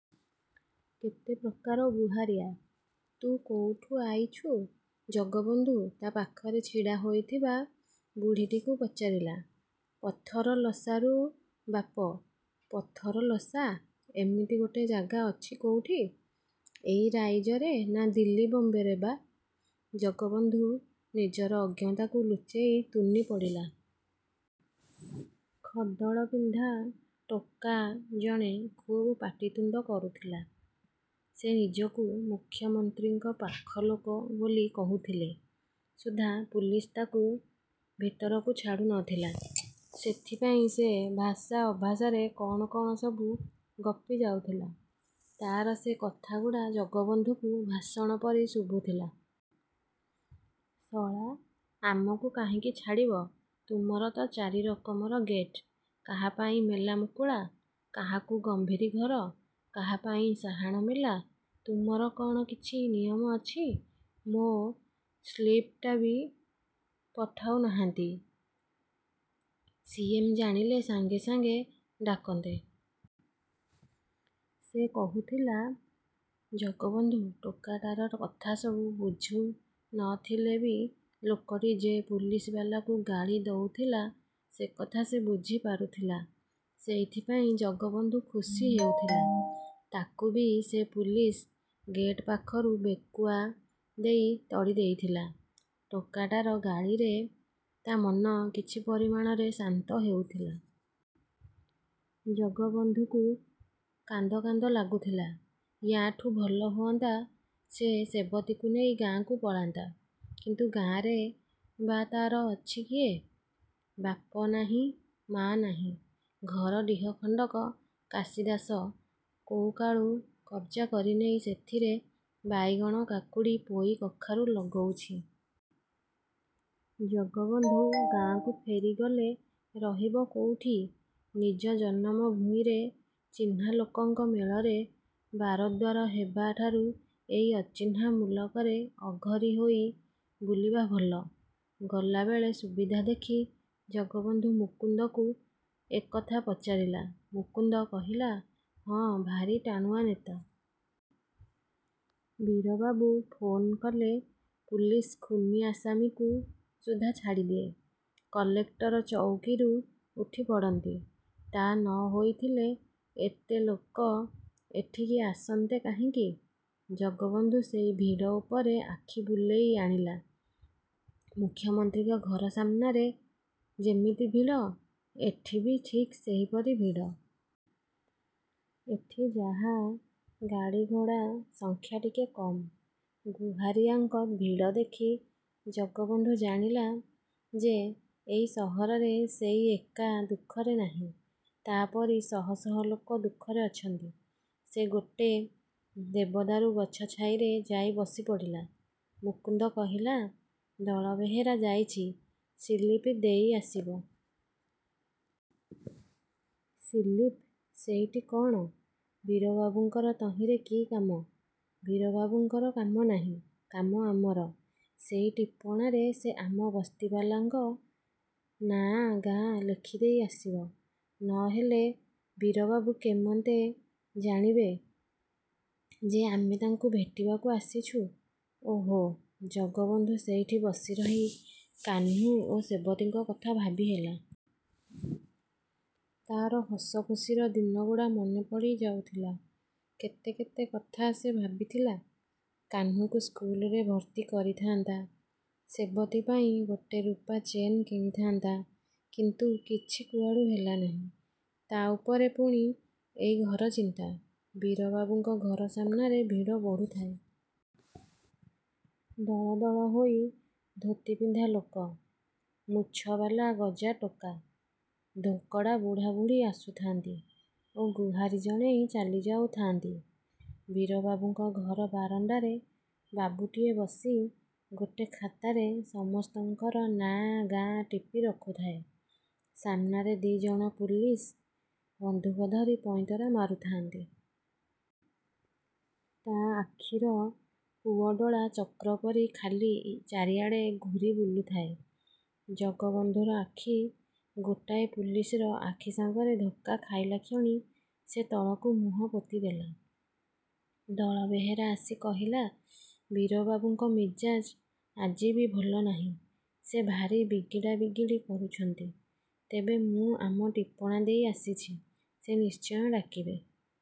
କେତେ ପ୍ରକାର ଗୁହାରିଆ। ତୁ କୋଉଠୁ ଆଇଛୁ? ଜଗବନ୍ଧୁ ତା ପାଖରେ ଛିଡ଼ା ହୋଇଥିବା ବୁଢ଼ୀଟିକୁ ପଚାରିଲା। 'ପଥରଲସାରୁ ବାପ! ' ପଥରଲସା? ଏମିତି ଗୋଟେ ଜାଗା ଅଛି କୋଉଠି? ଏଇ ରାଇଜରେ ନା ଦିଲ୍ଲୀ ବମ୍ବେରେ ବା! ଜଗବନ୍ଧୁ ନିଜର ଅଜ୍ଞତାକୁ ଲୁଚେଇ ତୁନି ପଡ଼ିଲା। ଖଦଡ଼ ପିନ୍ଧା ଟୋକା ଜଣେ ଖୁବ୍ ପାଟିତୁଣ୍ଡ କରୁଥିଲା। ସେ ନିଜକୁ ମୁଖ୍ୟମନ୍ତ୍ରୀଙ୍କ ପାଖଲୋକ ବୋଲି କହୁଥିଲେ ସୁଦ୍ଧା ପୁଲିସ ତାକୁ ଭିରତକୁ ଛାଡ଼ୁ ନଥିଲା। ସେଥିପାଇଁ ସେ ଭାଷା ଅଭାଷାରେ କଣ କଣ ସବୁ ଗପିଯାଉଥିଲା। ତାର ସେ କଥାଗୁଡ଼ା ଜଗବନ୍ଧୁକୁ ଭାଷଣ ପରି ଶୁଭୁଥିଲା। ଶଳା, ଆମକୁ କାହିଁକି ଛାଡ଼ିବ? ତୁମର ତ ଚାରି ରକମର ଗେଟ୍। କାହା ପାଇଁ ମେଲା ମୁକୁଳା, କାହାକୁ ଗମ୍ଭୀରି ଘର, କାହା ପାଇଁ ସାହାଣ ମେଲା, ତୁମର କଣ କିଛି ନିୟମ ଅଛି? ମୋ ସ୍ଲିପ୍ଟା ବି ପଠାଉନାହାନ୍ତି। ସି. ଏମ୍. ଜାଣିଲେ ସାଙ୍ଗେ ସାଙ୍ଗେ ଡାକନ୍ତେ। ସେ କହୁଥିଲା। ଜଗବନ୍ଧୁ ଟୋକାଟାର କଥା ସବୁ ବୁଝୁ ନଥିଲେ ବି ଲୋକଟି ଯେ ପୁଲିସବାଲାଙ୍କୁ ଗାଳି ଦଉଥିଲା ସେକଥା ସେ ବୁଝି ପାରୁଥିଲା। ସେଇଥିପାଇଁ ଜଗବନ୍ଧୁ ଖୁସି ହେଉଥିଲା। ତାକୁ ବି ସେ ପୁଲିସ ଗେଟ୍ ପାଖରୁ ବେକୁଆ ଦେଇ ତଡ଼ିଦେଇଥିଲା। ଟୋକାଟାର ଗାଳିରେ ତା ମନ କିଛି ପରିମାଣରେ ଶାନ୍ତ ହେଉଥିଲା। ଜଗବନ୍ଧୁକୁ କାନ୍ଦ କାନ୍ଦ ଲାଗୁଥିଲା। ୟାଠୁଁ ଭଲ ହୁଅନ୍ତା ସେ ସେବତୀକୁ ନେଇ ଗାଁକୁ ପଳାନ୍ତା। କିନ୍ତୁ ଗାଁରେ ବା ତାର ଅଛି କିଏ? ବାପ ନାହିଁ, ମା ନାହିଁ। ଘର ଡିହ ଖଣ୍ଡକ କାଶି ଦାସ କୋଉକାଳୁ କବ୍ଜା କରିନେଇ ସେଥିରେ ବାଇଗଣ, କାକୁଡ଼ି, ପୋଇ, କଖାରୁ ଲଗଉଛି। ଜଗବନ୍ଧୁ ଗାଁକୁ ଫେରିଗଲେ ରହିବ କୋଉଠି? ନିଜ ଜନମ ଭୂଇଁରେ ଚିହ୍ନା ଲୋକଙ୍କ ମେଳରେ ବାରଦ୍ୱାର ହେବାଠାରୁ ଏଇ ଅଚିହ୍ନା ମୁଲକରେ ଅଘରୀ ହୋଇ ବୁଲିବା ଭଲ। ଗଲାବେଳେ ସୁବିଧା ଦେଖି ଜଗବନ୍ଧୁ ମୁକୁନ୍ଦକୁ ଏକଥା ପଚାରିଲା। ମୁକୁନ୍ଦ କହିଲା, "ହଁ, ଭାରି ଟାଣୁଆ ନେତା। ବୀରବାବୁ ଫୋନ୍ କଲେ ପୁଲିସ ଖୁନୀ ଆସାମୀକୁ ସୁଦ୍ଧା ଛାଡ଼ିଦିଏ। କଲେକ୍ଟର ଚଉକୀରୁ ଉଠିପଡ଼ନ୍ତି। ତା ନ ହୋଇଥିଲେ ଏତେ ଲୋକ ଏଠିକି ଆସନ୍ତେ କାହିଁକି? " ଜଗବନ୍ଧୁ ସେଇ ଭିଡ଼ ଉପରେ ଆଖି ବୁଲେଇ ଆଣିଲା। ମୁଖ୍ୟମନ୍ତ୍ରୀଙ୍କ ଘର ସାମ୍ନାରେ ଯେମିତି ଭିଡ଼, ଏଠି ବି ଠିକ୍ ସେହିପରି ଭିଡ଼। ଏଠି ଯାହା ଗାଡ଼ିଘୋଡ଼ା ସଂଖ୍ୟା ଟିକେ କମ୍। ଗୁହାରିଆଙ୍କ ଭିଡ଼ ଦେଖି ଜଗବନ୍ଧୁ ଜାଣିଲା ଯେ ଏଇ ସହରରେ ସେଇ ଏକା ଦୁଃଖରେ ନାହିଁ। ତା ପରି ଶହ ଶହ ଲୋକ ଦୁଃଖରେ ଅଛନ୍ତି। ସେ ଗୋଟେ ଦେବଦାରୁ ଗଛ ଛାଇରେ ଯାଇ ବସିପଡ଼ିଲା। ମୁକୁନ୍ଦ କହିଲା, 'ଦଳବେହେରା ଯାଇଛି ସିଲିପ୍ ଦେଇଆସିବ। 'ସିଲିପ୍! ସେଇଟି କଣ? ବୀରବାବୁଙ୍କର ତହିଁରେ କି କାମ? ବୀରବାବୁଙ୍କର କାମ ନାହିଁ। କାମ ଆମର। ସେଇ ଟିପଣାରେ ସେ ଆମ ବସ୍ତିବାଲାଙ୍କ ନାଁ, ଗାଁ ଲେଖିଦେଇ ଆସିବ। ନହେଲେ ବୀରବାବୁ କେମନ୍ତେ ଜାଣିବେ ଯେ ଆମେ ତାଙ୍କୁ ଭେଟିବାକୁ ଆସିଛୁ। ଓ ହୋ! ଜଗବନ୍ଧୁ ସେଇଠି ବସିରହି କାହ୍ନୁ ଓ ସେବତୀଙ୍କ କଥା ଭାବିହେଲା। ତାର ହସଖୁସିର ଦିନଗୁଡ଼ା ମନେପଡ଼ି ଯାଉଥିଲା। କେତେ କେତେ କଥା ସେ ଭାବିଥିଲା। କାହ୍ନୁକୁ ସ୍କୁଲରେ ଭର୍ତ୍ତି କରିଥାନ୍ତା, ସେବତୀ ପାଇଁ ଗୋଟେ ରୁପାଚେନ୍ କିଣିଥାନ୍ତା। କିନ୍ତୁ କିଛି କୁଆଡ଼ୁ ହେଲା ନାହିଁ। ତା' ଉପରେ ପୁଣି ଏଇ ଘରଚିନ୍ତା। ବୀରବାବୁଙ୍କ ଘର ସାମ୍ନାରେ ଭିଡ଼ ବଢ଼ୁଥାଏ। ଦଳ ଦଳ ହୋଇ ଧୋତିପିନ୍ଧା ଲୋକ, ମୁଛବାଲା ଗଜା ଟୋକା, ଧୋକଡ଼ା ବୁଢ଼ାବୁଢ଼ୀ ଆସୁଥାନ୍ତି ଓ ଗୁହାରି ଜଣେଇ ଚାଲିଯାଉଥାଆନ୍ତି। ବୀରବାବୁଙ୍କ ଘର ବାରଣ୍ଡାରେ ବାବୁଟିଏ ବସି ଗୋଟେ ଖାତାରେ ସମସ୍ତଙ୍କର ନାଁ ଗାଁ ଟିପି ରଖୁଥାଏ। ସାମ୍ନାରେ ଦି ଜଣ ପୁଲିସ ବନ୍ଧୁକ ଧରି ପଇଁତରା ମାରୁଥାଆନ୍ତି। ତା ଆଖିର ପୁଅଡୋଳା ଚକ୍ରପରି ଖାଲି ଚାରିଆଡ଼େ ଘୂରି ବୁଲୁଥାଏ। ଜଗବନ୍ଧୁର ଆଖି ଗୋଟାଏ ପୁଲିସର ଆଖି ସାଙ୍ଗରେ ଧକ୍କା ଖାଇଲା କ୍ଷଣି ସେ ତଳକୁ ମୁହଁ ପୋତିଦେଲା। ଦଳବେହେରା ଆସି କହିଲା, "ବୀରବାବୁଙ୍କ ମିଜାଜ ଆଜି ବି ଭଲ ନାହିଁ। ସେ ଭାରି ବିଗିଡ଼ା ବିଗିଡ଼ି କରୁଛନ୍ତି। ତେବେ ମୁଁ ଆମ ଟିପଣା ଦେଇ ଆସିଛି। ସେ ନିଶ୍ଚୟ ଡାକିବେ।